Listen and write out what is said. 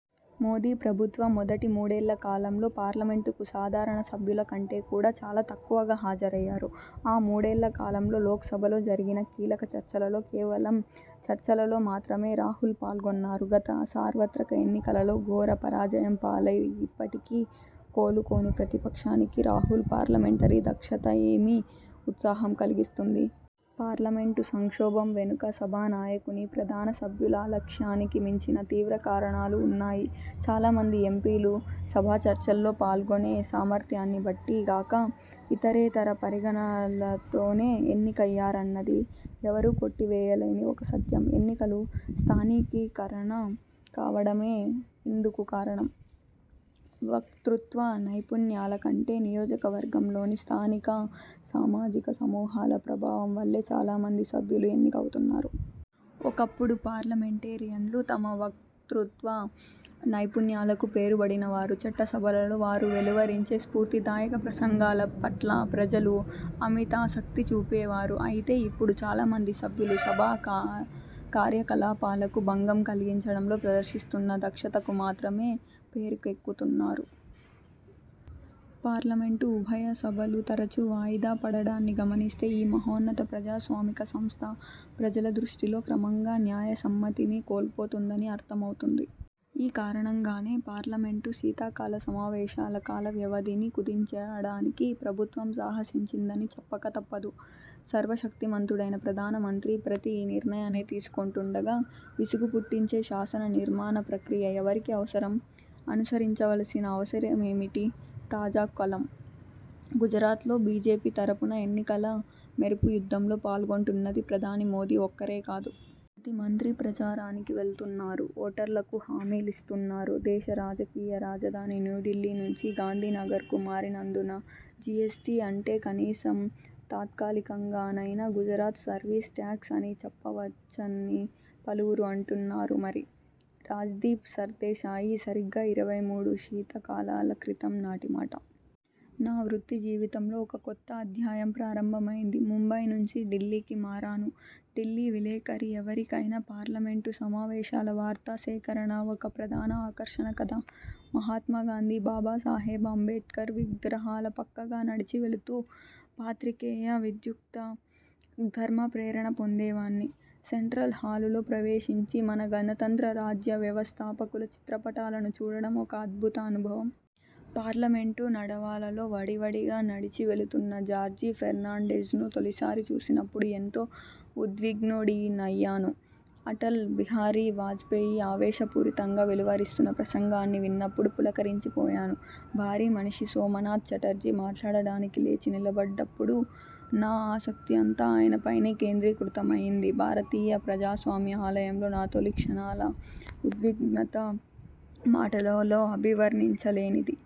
మోదీ ప్రభుత్వ మొదటి మూడేళ్ళ కాలంలో పార్లమెంటుకు సాధారణ సభ్యుల కంటే కూడా చాలా తక్కువగా హాజరయ్యారు. ఆ మూడేళ్ళ కాలంలో లోక్సభలో జరిగిన కీలకచర్చలలో కేవలం చర్చలలో మాత్రమే రాహుల్ పాల్గొన్నారు. గత సార్వత్రక ఎన్నికలలో ఘోర పరాజయం పాలై ఇప్పటికీ కోలుకోని ప్రతిపక్షానికి రాహుల్ పార్లమెంటరీ దక్షత ఏమి ఉత్సాహం కల్గిస్తుంది? పార్లమెంటు సంక్షోభం వెనుక సభా నాయకుని, ప్రధాన సభ్యుల అలక్ష్యానికి మించిన తీవ్ర కారణాలు వున్నాయి. చాలామంది ఎంపీలు సభాచర్చల్లో పాల్గొనే సామర్థ్యాన్ని బట్టి గాక ఇతరేతర పరిగణనలతోనే ఎన్నికయ్యారన్నది ఎవరూ కొట్టివేయలేని ఒక సత్యం. ఎన్నికలు 'స్థానీకీకరణ' కావడమే ఇందుకు కారణం. వక్తృత్వ నైపుణ్యాల కంటే నియోజకవర్గంలోని స్థానిక సామాజిక సమూహాల ప్రభావం వల్లే చాలా మంది సభ్యులు ఎన్నికవుతున్నారు. ఒకప్పుడు పార్లమెంటేరియన్లు తమ వక్తృత్వ నైపుణ్యాలకు పేరుబడిన వారు. చట్టసభలలో వారు వెలువరించే స్ఫూర్తిదాయక ప్రసంగాల పట్ల ప్రజలు అమితాసక్తి చూపేవారు. అయితే ఇప్పుడు చాలా మంది సభ్యులు సభా కార్యకలాపాలకు భంగం కల్గించడంలో ప్రదర్శిస్తున్న దక్షతకు మాత్రమే పేరుకెక్కుతున్నారు. పార్లమెంటు ఉభయ సభలు తరచూ వాయిదా పడడాన్ని గమనిస్తే ఈ మహోన్నత ప్రజాస్వామిక సంస్థ ప్రజల దృష్టిలో క్రమంగా న్యాయసమ్మతిని కోల్పోతుందని అర్థమవుతుంది. ఈ కారణంగానే పార్లమెంటు శీతాకాల సమావేశాల కాలవ్యవధిని కుదించడానికి ప్రభుత్వం సాహసించిందని చెప్పక తప్పదు. సర్వశక్తిమంతుడైన ప్రధానమంత్రి ప్రతి నిర్ణయాన్ని తీసుకొంటుండగా విసుగు పుట్టించే శానసనిర్మాణ ప్రక్రియ ఎవరికి అవసరం? అనుసరించవల్సిన అవసరమేమిటి? తాజా కలం: గుజరాత్లో బీజేపీ తరపున ఎన్నికల మెరుపు యుద్ధంలో పాల్గొంటున్నది ప్రధాని మోదీ ఒక్కరే కాదు. ప్రతి మంత్రీ ప్రచారానికి వెళుతున్నారు. ఓటర్లకు హామీలిస్తున్నారు. దేశ రాజకీయ రాజధాని న్యూఢిల్లీ నుంచి గాంధీనగర్కు మారినందున జీఎస్టీ అంటే కనీసం తాత్కాలికంగానైనా గుజరాత్ సర్వీస్ ట్యాక్స్ అని చెప్పవచ్చని పలువురు అంటున్నారు మరి. రాజ్దీప్ సర్దేశాయి సరిగ్గా ఇరవై మూడు శీత కాలాల క్రితం నాటి మాట. నా వృత్తి జీవితంలో ఒక కొత్త అధ్యాయం ప్రారంభమయింది. ముంబై నుంచి ఢిల్లీకి మారాను. ఢిల్లీ విలేఖరి ఎవరికైనా పార్లమెంటు సమావేశాల వార్తా సేకరణ ఒక ప్రధాన ఆకర్షణ కదా. మహాత్మా గాంధీ, బాబాసాహెబ్ అంబేడ్కర్ విగ్రహాల పక్కగా నడిచి వెళుతూ పాత్రికేయ విధ్యుక్త ధర్మ ప్రేరణ పొందేవాణ్ణి; సెంట్రల్ హాలులో ప్రవేశించి, మన గణతంత్ర రాజ్య వ్యవస్థాపకుల చిత్రపటాలను చూడడం ఒక అద్భుత అనుభవం. పార్లమెంటు నడవాలలో వడివడిగా నడిచి వెళ్లుతున్న జార్జి ఫెర్నాండెజ్ను తొలిసారి చూసినప్పుడు ఎంతో ఉద్విగ్నుడినయ్యాను. అటల్ బిహారీ వాజపేయి ఆవేశపూరితంగా వెలువరిస్తున్న ప్రసంగాన్ని విన్నప్పుడు పులకరించిపోయాను. భారీ మనిషి సోమనాథ్ చటర్జీ మాట్లాడడానికి లేచి నిలబడ్డప్పుడు నా ఆసక్తి అంతా ఆయన పైనే కేంద్రీకృతమయింది. భారతీయ ప్రజాస్వామ్య ఆలయంలో నా తొలి క్షణాల ఉద్విగ్నత మాటలలో అభివర్ణించలేనిది.